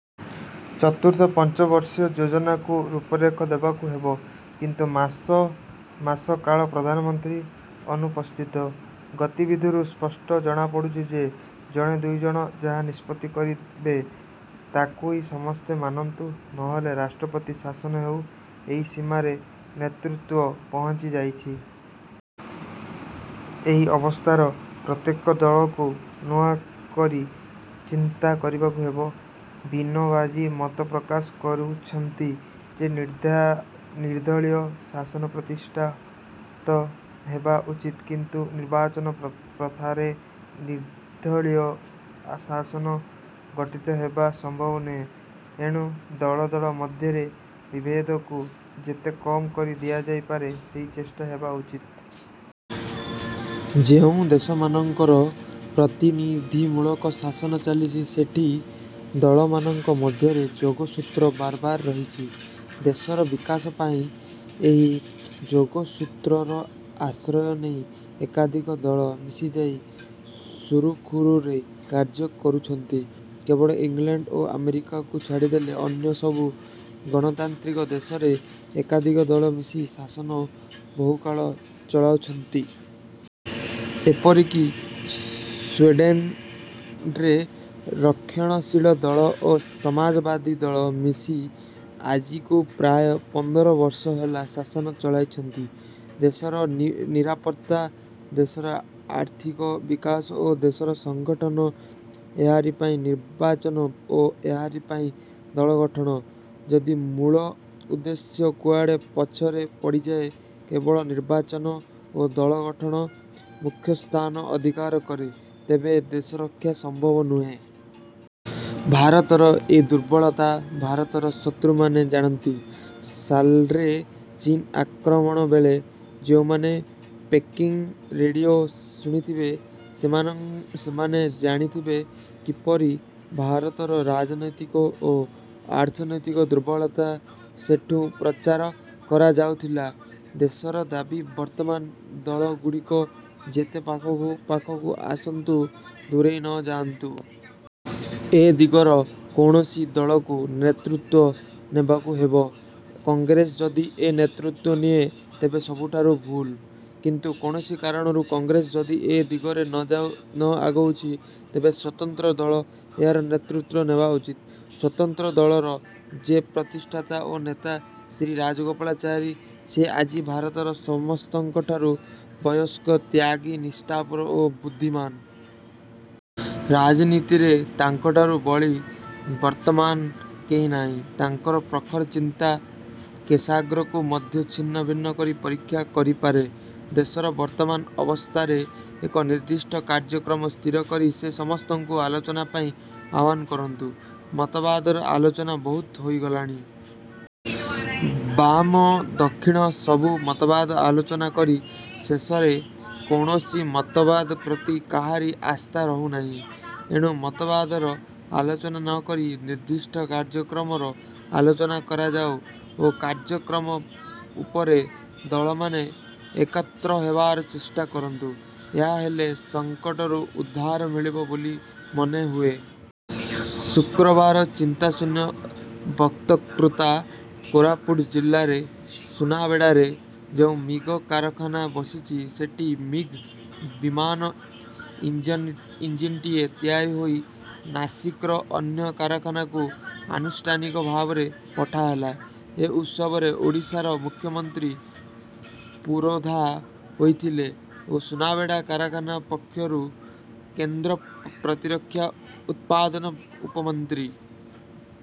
ଚତୁର୍ଥ ପଞ୍ଚବର୍ଷୀୟ ଯୋଜନାକୁ ରୂପରେଖ ଦେବାକୁ ହେବ; କିନ୍ତୁ ମାସ ମାସ କାଳ ପ୍ରଧାନମନ୍ତ୍ରୀ ଅନୁପସ୍ଥିତ। ଗତିବିଧିରୁ ସ୍ପଷ୍ଟ ଜଣାପଡ଼ୁଛି ଯେ, ଜଣେ ଦୁଇଜଣ ଯାହା ନିଷ୍ପତ୍ତି କରିବେ, ତାକୁଇ ସମସ୍ତେ ମାନନ୍ତୁ; ନ ହେଲେ ରାଷ୍ଟ୍ରପତି ଶାସନ ହେଉ, ଏହି ସୀମାରେ ନେତୃତ୍ୱ ପହଞ୍ଚି ଯାଇଛି। ଏହି ଅବସ୍ଥାରେ ପ୍ରତ୍ୟେକ ଦଳକୁ ନୂଆକରି ଚିନ୍ତା କରିବାକୁ ହେବ। ବିନୋବାଜୀ ମତ ପ୍ରକାଶ କରୁଛନ୍ତି ଯେ ନିର୍ଦ୍ଦଳୀୟ ଶାସନ ପ୍ରତିଷ୍ଠିତ ହେବା ଉଚିତ; କିନ୍ତୁ ନିର୍ବାଚନ ପ୍ରଥାରେ ନିର୍ଦ୍ଦଳୀୟ ଶାସନ ଗଠିତହେବା ସମ୍ଭବ ନୁହେଁ। ଏଣୁ ଦଳ ଦଳ ମଧ୍ୟରେ ବିଭେଦକୁ ଯେତେ କମ୍ କରି ଦିଆଯାଇ ପାରେ; ସେହି ଚେଷ୍ଟା ହେବା ଉଚିତ। ଯେଉଁ ଦେଶମାନଙ୍କରେ ପ୍ରତିନିଧିମୂଳକ ଶାସନ ଚାଲିଛି, ସେଠି ଦଳମାନଙ୍କ ମଧ୍ୟରେ ଯୋଗସୂତ୍ର ବରାବର ରହିଛି। ଦେଶର ବିକାଶ ପାଇଁ ଏହି ଯୋଗସୂତ୍ରର ଆଶ୍ରୟ ନେଇ ଏକାଧିକ ଦଳ ମିଶିଯାଇ ସୁରୁଖରୁରେ କାର୍ଯ୍ୟ କରୁଛନ୍ତି। କେବଳ ଇଂଲଣ୍ଡ ଓ ଆମେରିକାକୁ ଛାଡ଼ିଦେଲେ ଅନ୍ୟ ସବୁ ଗଣତାନ୍ତ୍ରିକ ଦେଶରେ ଏକାଧିକ ଦଳ ମିଶି ଶାସନ ବହୁକାଳ ଚଳାଇଛନ୍ତି। ଏପରିକି ସୁଇଡ଼େନ୍ରେ ରକ୍ଷଣଶୀଳ ଦଳ ଓ ସମାଜବାଦୀ ଦଳ ମିଶି ଆଜିକୁ ପ୍ରାୟ ପନ୍ଦର ବର୍ଷ ହେଲା ଶାସନ ଚଳାଇଛନ୍ତି। ଦେଶର ନିରାପତ୍ତା, ଦେଶର ଆର୍ଥିକ ବିକାଶ ଓ ଦେଶର ସଂଗଠନ ଏହାରି ପାଇଁ ନିର୍ବାଚନ ଓ ଏହାରି ପାଇଁ ଦଳ ଗଠନ। ଯଦି ମୂଳ ଉଦ୍ଦେଶ୍ୟ କୁଆଡ଼େ ପଛରେ ପଡ଼ିଯାଏ, କେବଳ ନିର୍ବାଚନ ଓ ଦଳ ଗଠନ ମୁଖ୍ୟସ୍ଥାନ ଅଧିକାର କରେ, ତେବେ ଦେଶରକ୍ଷା ସମ୍ଭବ ନୁହେଁ। ଭାରତର ଏ ଦୁର୍ବଳତା ଭାରତର ଶତ୍ରୁମାନେ ଜାଣନ୍ତି। ସାଲରେ ଚୀନ ଆକ୍ରମଣବେଳେ ଯେଉଁମାନେ ପେକିଂ ରେଡ଼ିଓ ଶୁଣିଥିବେ, ସେମାନେ ଜାଣିଥିବେ, କିପରି ଭାରତର ରାଜନୈତିକ ଓ ଆର୍ଥିକ ଦୁର୍ବଳତା ସେଠୁଁ ପ୍ରଚାର କରାଯାଉଥିଲା। ଦେଶର ଦାବି ବର୍ତ୍ତମାନ ଦଳଗୁଡ଼ିକ ଯେତେ ପାଖକୁ ପାଖକୁ ଆସନ୍ତୁ, ଦୂରେଇ ନ ଯାଆନ୍ତୁ। ଏ ଦିଗରେ କୌଣସି ଦଳକୁ ନେତୃତ୍ୱ ନେବାକୁ ହେବ। କଂଗ୍ରେସ ଯଦି ଏ ନେତୃତ୍ୱ ନିଏ, ତେବେ ସବୁଠାରୁ ଭଲ; କିନ୍ତୁ କୌଣସି କାରଣରୁ କଂଗ୍ରେସ ଯଦି ଏ ଦିଗରେ ନ ଆଗୋଉଛି, ତେବେ ସ୍ୱତନ୍ତ୍ର ଦଳ ଏହାର ନେତୃତ୍ୱ ନେବା ଉଚିତ। ସ୍ୱତନ୍ତ୍ର ଦଳର ଯେ ପ୍ରତିଷ୍ଠାତା ଓ ନେତା ଶ୍ରୀ ରାଜଗୋପାଳଚାରୀ, ସେ ଆଜି ଭାରତର ସମସ୍ତଙ୍କଠାରୁ ବୟସ୍କ, ତ୍ୟାଗୀ, ନିଷ୍ଠାପର ଓ ବୁଦ୍ଧିମାନ। ରାଜନୀତିରେ ତାଙ୍କଠାରୁ ବଳି ବର୍ତ୍ତମାନ କେହି ନାହିଁ। ତାଙ୍କର ପ୍ରଖର ଚିନ୍ତା କେଶାଗ୍ରକୁ ମଧ୍ୟ ଛିନ୍ନଭିନ୍ନ କରି ପରୀକ୍ଷା କରିପାରେ। ଦେଶର ବର୍ତ୍ତମାନ ଅବସ୍ଥାରେ ଏକ ନିର୍ଦ୍ଦିଷ୍ଟ କାର୍ଯ୍ୟକ୍ରମ ସ୍ଥିର କରି ସେ ସମସ୍ତଙ୍କୁ ଆଲୋଚନା ପାଇଁ ଆହ୍ୱାନ କରନ୍ତୁ। ମତବାଦର ଆଲୋଚନା ବହୁତ ହୋଇଗଲାଣି। ବାମ ଦକ୍ଷିଣ ସବୁ ମତବାଦ ଆଲୋଚନା କରି ଶେଷରେ କୌଣସି ମତବାଦ ପ୍ରତି କାହାରି ଆସ୍ଥା ରହୁନାହିଁ। ଏଣୁ ମତବାଦର ଆଲୋଚନା ନକରି ନିର୍ଦ୍ଦିଷ୍ଟ କାର୍ଯ୍ୟକ୍ରମର ଆଲୋଚନା କରାଯାଉ ଓ କାର୍ଯ୍ୟକ୍ରମ ଉପରେ ଦଳମାନେ ଏକତ୍ର ହେବାର ଚେଷ୍ଟା। କରନ୍ତୁ। ଏହା ହେଲେ ସଂକଟରୁ ଉଦ୍ଧାର ମିଳିବ ବୋଲି ମନେହୁଏ। ଶୁକ୍ରବାର ଚିନ୍ତାଶୂନ୍ୟ ବକ୍ତୃତା କୋରାପୁଟ ଜିଲ୍ଲାରେ ସୁନାବେଡ଼ାରେ ଯେଉଁ ମିଗ କାରଖାନା ବସିଛି, ସେଠି ମିଗ୍ ବିମାନ ଇଞ୍ଜିନଟିଏ ତିଆରି ହୋଇ ନାସିକର ଅନ୍ୟ କାରଖାନାକୁ ଆନୁଷ୍ଠାନିକ ଭାବରେ ପଠାହେଲା। ଏ ଉତ୍ସବରେ ଓଡ଼ିଶାର ମୁଖ୍ୟମନ୍ତ୍ରୀ ପୁରୋଧା ହୋଇଥିଲେ ଓ ସୁନାବେଡ଼ା କାରଖାନା ପକ୍ଷରୁ କେନ୍ଦ୍ର ପ୍ରତିରକ୍ଷା ଉତ୍ପାଦନ ଉପମନ୍ତ୍ରୀ